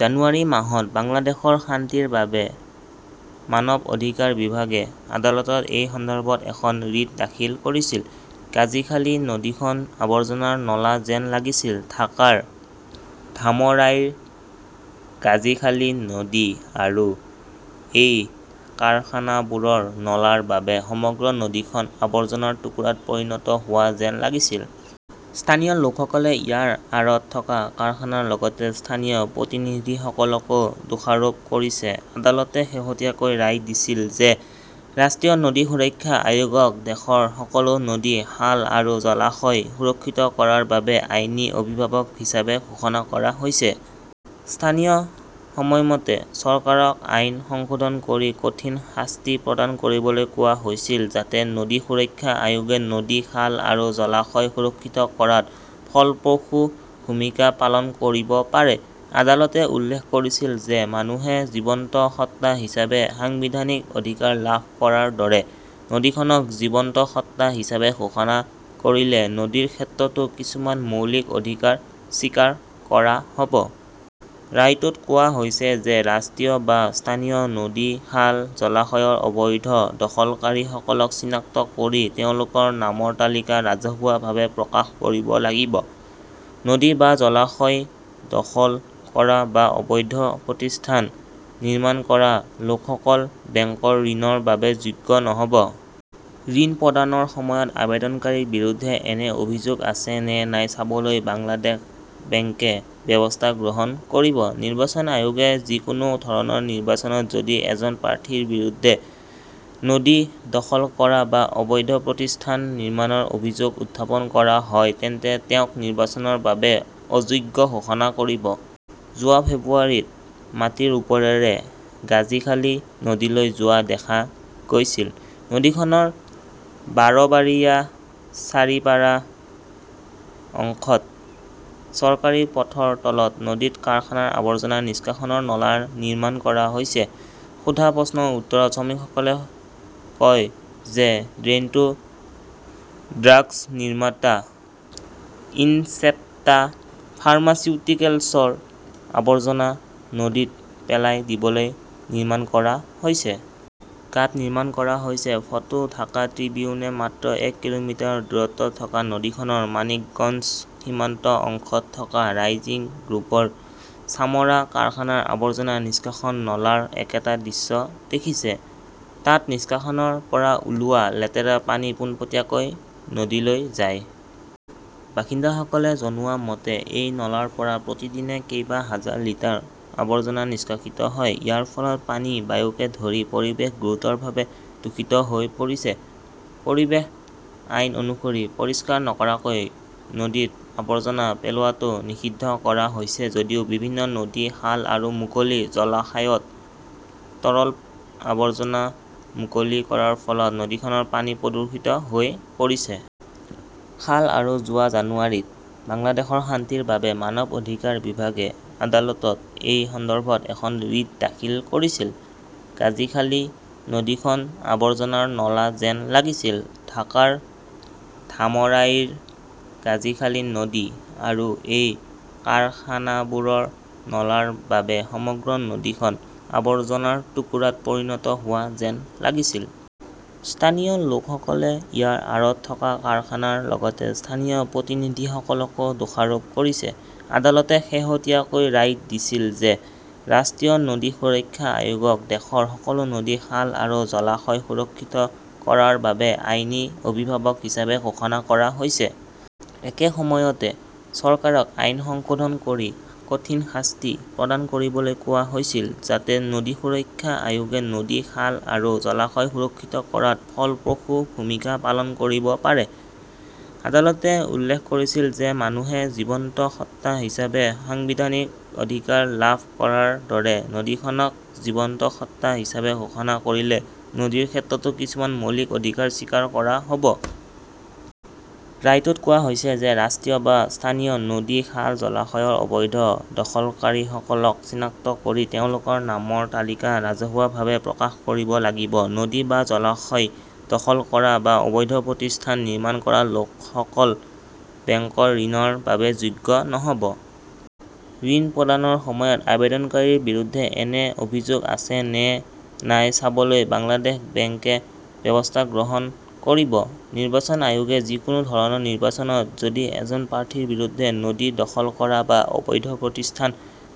জানুৱাৰী মাহত বাংলাদেশৰ শান্তিৰ বাবে মানৱ অধিকাৰ বিভাগে আদালতত এই সন্দৰ্ভত এখন ৰিট দাখিল কৰিছিল। গাজীখালী নদীখন আৱৰ্জনাৰ নলা যেন লাগিছিল। ঢাকাৰ ধামৰাইৰ গাজীখালী নদী, আৰু এই কাৰখানাবোৰৰ নলাৰ বাবে সমগ্ৰ নদীখন আৱৰ্জনাৰ টুকুৰাত পৰিণত হোৱা যেন লাগিছিল। স্থানীয় লোকসকলে ইয়াৰ আৰত থকা কাৰখানাৰ লগতে স্থানীয় প্ৰতিনিধিসকলকো দোষাৰোপ কৰিছে। আদালতে শেহতীয়াকৈ ৰায় দিছিল যে ৰাষ্ট্ৰীয় নদী সুৰক্ষা আয়োগক দেশৰ সকলো নদী, খাল আৰু জলাশয় সুৰক্ষিত কৰাৰ বাবে 'আইনী অভিভাৱক হিচাপে ঘোষণা কৰা হৈছে। একে সময়তে, চৰকাৰক আইন সংশোধন কৰি 'কঠিন শাস্তি প্ৰদান কৰিবলৈ কোৱা হৈছিল যাতে নদী সুৰক্ষা আয়োগে নদী, খাল আৰু জলাশয় সুৰক্ষিত কৰাত ফলপ্ৰসূ ভূমিকা পালন কৰিব পাৰে। আদালতে উল্লেখ কৰিছিল যে মানুহে জীৱন্ত সত্তা হিচাপে সাংবিধানিক অধিকাৰ লাভ কৰাৰ দৰে, নদীখনক 'জীৱন্ত সত্তা হিচাপে ঘোষণা কৰিলে নদীৰ ক্ষেত্ৰতো কিছুমান মৌলিক অধিকাৰ স্বীকাৰ কৰা হ'ব। ৰায়টোত কোৱা হৈছে যে ৰাষ্ট্ৰীয় বা স্থানীয়- নদী, খাল, জলাশয়ৰ অবৈধ দখলকাৰীসকলক চিনাক্ত কৰি তেওঁলোকৰ নামৰ তালিকা ৰাজহুৱাভাৱে প্ৰকাশ কৰিব লাগিব। নদী বা জলাশয় দখল কৰা বা অবৈধ প্ৰতিষ্ঠান নিৰ্মাণ কৰা লোকসকল বেংকৰ ঋণৰ বাবে যোগ্য নহ 'ব। ঋণ প্ৰদানৰ সময়ত আবেদনকাৰীৰ বিৰুদ্ধে এনে অভিযোগ আছে নে নাই চাবলৈ বাংলাদেশ বেংকে ব্যৱস্থা গ্ৰহণ কৰিব।. নিৰ্বাচন আয়োগে যিকোনো ধৰণৰ নিৰ্বাচনত যদি এজন প্ৰাৰ্থীৰ বিৰুদ্ধে নদী দখল কৰা বা অবৈধ প্ৰতিষ্ঠান নিৰ্মাণৰ অভিযোগ উত্থাপন কৰা হয় তেন্তে তেওঁক নিৰ্বাচনৰ বাবে অযোগ্য ঘোষণা কৰিব। যোৱা ফেব্ৰুৱাৰীত মাটিৰ ওপৰেৰে গাজীখালী নদীলৈ যোৱা দেখা গৈছিল, নদীখনৰ বাৰবাৰিয়া-চাৰিপাৰা অংশত চৰকাৰী পথৰ তলত নদীত কাৰখানাৰ আৱৰ্জনা নিষ্কাশনৰ নলা নিৰ্মাণ কৰা হৈছে। সোধা প্ৰশ্নৰ উত্তৰত শ্ৰমিকসকলে কয় যে ড্ৰেইনটো ড্ৰাগছ নিৰ্মাতা ইনচেপ্টা ফাৰ্মাচিউটিকেলছৰ আৱৰ্জনা নদীত পেলাই দিবলৈ নিৰ্মাণ কৰা হৈছে। গাঁত নিৰ্মাণ কৰা হৈছে। ফটো ঢাকা ট্ৰিবিউনে মাত্ৰ এক কিলোমিটাৰ দূৰত্বত থকা নদীখনৰ মানিকগঞ্জ সীমান্ত অংশত থকা ৰাইজিং গ্ৰুপৰ চামৰা কাৰখানাৰ আৱৰ্জনা নিষ্কাশন নলাৰ একেটা দৃশ্য দেখিছে। তাত নিষ্কাশনৰ পৰা ওলোৱা লেতেৰা পানী পোনপটীয়াকৈ নদীলৈ যায়। বাসিন্দাসকলে জনোৱা মতে এই নলাৰ পৰা প্ৰতিদিনে কেইবা হাজাৰ লিটাৰ আৱৰ্জনা নিষ্কাশিত হয়। ইয়াৰ ফলত পানী, বায়ুকে ধৰি পৰিৱেশ গুৰুতৰভাৱে দূষিত হৈ পৰিছে। পৰিৱেশ আইন অনুসৰি, পৰিষ্কাৰ নকৰাকৈ নদীত আৱৰ্জনা পেলোৱাটো নিষিদ্ধ কৰা হৈছে যদিও বিভিন্ন নদী, খাল আৰু মুকলি জলাশয়ত তৰল আৱৰ্জনা মুকলি কৰাৰ ফলত নদীখনৰ পানী প্ৰদূষিত হৈ পৰিছে। খাল আৰু"যোৱা জানুৱাৰীত বাংলাদেশৰ শান্তিৰ বাবে মানৱ অধিকাৰ বিভাগে আদালতত এই সন্দৰ্ভত এখন ৰিট দাখিল কৰিছিল। গাজীখালী নদীখন আৱৰ্জনাৰ নলা যেন লাগিছিল! ঢাকাৰ ধামৰাইৰ গাজীখালী নদী। আৰু এই কাৰখানাবোৰৰ নলাৰ বাবে সমগ্ৰ নদীখন আৱৰ্জনাৰ টুকুৰাত পৰিণত হোৱা যেন লাগিছিল। স্থানীয় লোকসকলে ইয়াৰ আঁৰত থকা কাৰখানাৰ লগতে স্থানীয় প্ৰতিনিধিসকলকো দোষাৰোপ কৰিছে। আদালতে শেহতীয়াকৈ ৰায় দিছিল যে ৰাষ্ট্ৰীয় নদী সুৰক্ষা আয়োগক দেশৰ সকলো নদী, খাল আৰু জলাশয় সুৰক্ষিত কৰাৰ বাবে 'আইনী অভিভাৱক ""হিচাপে ঘোষণা কৰা হৈছে। একে সময়তে, চৰকাৰক আইন সংশোধন কৰি 'কঠিন শাস্তি ""প্ৰদান কৰিবলৈ কোৱা হৈছিল যাতে নদী সুৰক্ষা আয়োগে নদী, খাল আৰু জলাশয় সুৰক্ষিত কৰাত ফলপ্ৰসূ ভূমিকা পালন কৰিব পাৰে। আদালতে উল্লেখ কৰিছিল যে মানুহে জীৱন্ত সত্তা হিচাপে সাংবিধানিক অধিকাৰ লাভ কৰাৰ দৰে, নদীখনক 'জীৱন্ত সত্তা ""হিচাপে ঘোষণা কৰিলে নদীৰ ক্ষেত্ৰতো কিছুমান মৌলিক অধিকাৰ স্বীকাৰ কৰা হ' ব। ৰায়টোত কোৱা হৈছে যে ৰাষ্ট্ৰীয় বা স্থানীয়-. নদী, খাল, জলাশয়ৰ অবৈধ দখলকাৰীসকলক চিনাক্ত কৰি তেওঁলোকৰ নামৰ তালিকা ৰাজহুৱাভাৱে প্ৰকাশ কৰিব লাগিব।. নদী বা জলাশয় দখল কৰা বা অবৈধ প্ৰতিষ্ঠান নিৰ্মাণ কৰা লোকসকল বেংকৰ ঋণৰ বাবে যোগ্য নহ 'ব। ঋণ প্ৰদানৰ সময়ত আবেদনকাৰীৰ বিৰুদ্ধে এনে অভিযোগ আছে নে নাই চাবলৈ বাংলাদেশ বেংকে ব্যৱস্থা গ্ৰহণ কৰিব।. নিৰ্বাচন আয়োগে যিকোনো ধৰণৰ নিৰ্বাচনত যদি এজন প্ৰাৰ্থীৰ বিৰুদ্ধে নদী দখল কৰা বা অবৈধ প্ৰতিষ্ঠান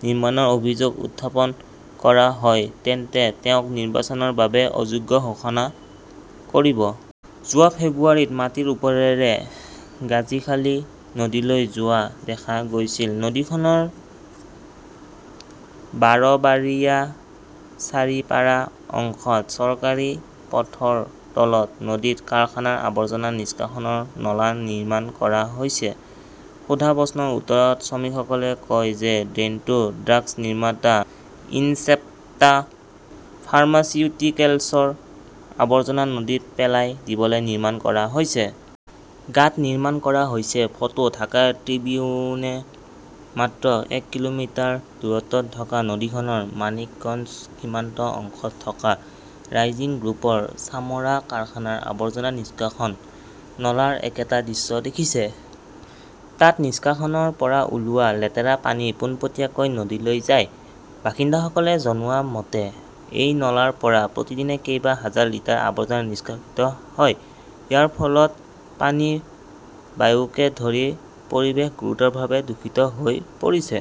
নিৰ্মাণৰ অভিযোগ উত্থাপন কৰা হয় তেন্তে তেওঁক নিৰ্বাচনৰ বাবে অযোগ্য ঘোষণা কৰিব। যোৱা ফেব্ৰুৱাৰীত মাটিৰ ওপৰেৰে গাজীখালী নদীলৈ যোৱা দেখা গৈছিল, নদীখনৰ বাৰবাৰিয়া-চাৰিপাৰা অংশত চৰকাৰী পথৰ তলত নদীত কাৰখানাৰ আৱৰ্জনা নিষ্কাশনৰ নলা নিৰ্মাণ কৰা হৈছে। সোধা প্ৰশ্নৰ উত্তৰত শ্ৰমিকসকলে কয় যে ড্ৰেইনটো ড্ৰাগছ নিৰ্মাতা ইনচেপ্টা ফাৰ্মাচিউটিকেলছৰ আৱৰ্জনা নদীত পেলাই দিবলৈ নিৰ্মাণ কৰা হৈছে। গাঁত নিৰ্মাণ কৰা হৈছে। ফটো ,ঢাকা ট্ৰিবিউনে মাত্ৰ এক কিলোমিটাৰ দূৰত্বত থকা নদীখনৰ মানিকগঞ্জ সীমান্ত অংশত থকা ৰাইজিং গ্ৰুপৰ চামৰা কাৰখানাৰ আৱৰ্জনা নিষ্কাশন নলাৰ একেটা দৃশ্য দেখিছে। তাত নিষ্কাশনৰ পৰা ওলোৱা লেতেৰা পানী পোনপটীয়াকৈ নদীলৈ যায়। বাসিন্দাসকলে জনোৱা মতে এই নলাৰ পৰা প্ৰতিদিনে কেইবা হাজাৰ লিটাৰ আৱৰ্জনা নিষ্কাশিত হয়। ইয়াৰ ফলত পানী, বায়ুকে ধৰি পৰিৱেশ গুৰুতৰভাৱে দূষিত হৈ পৰিছে।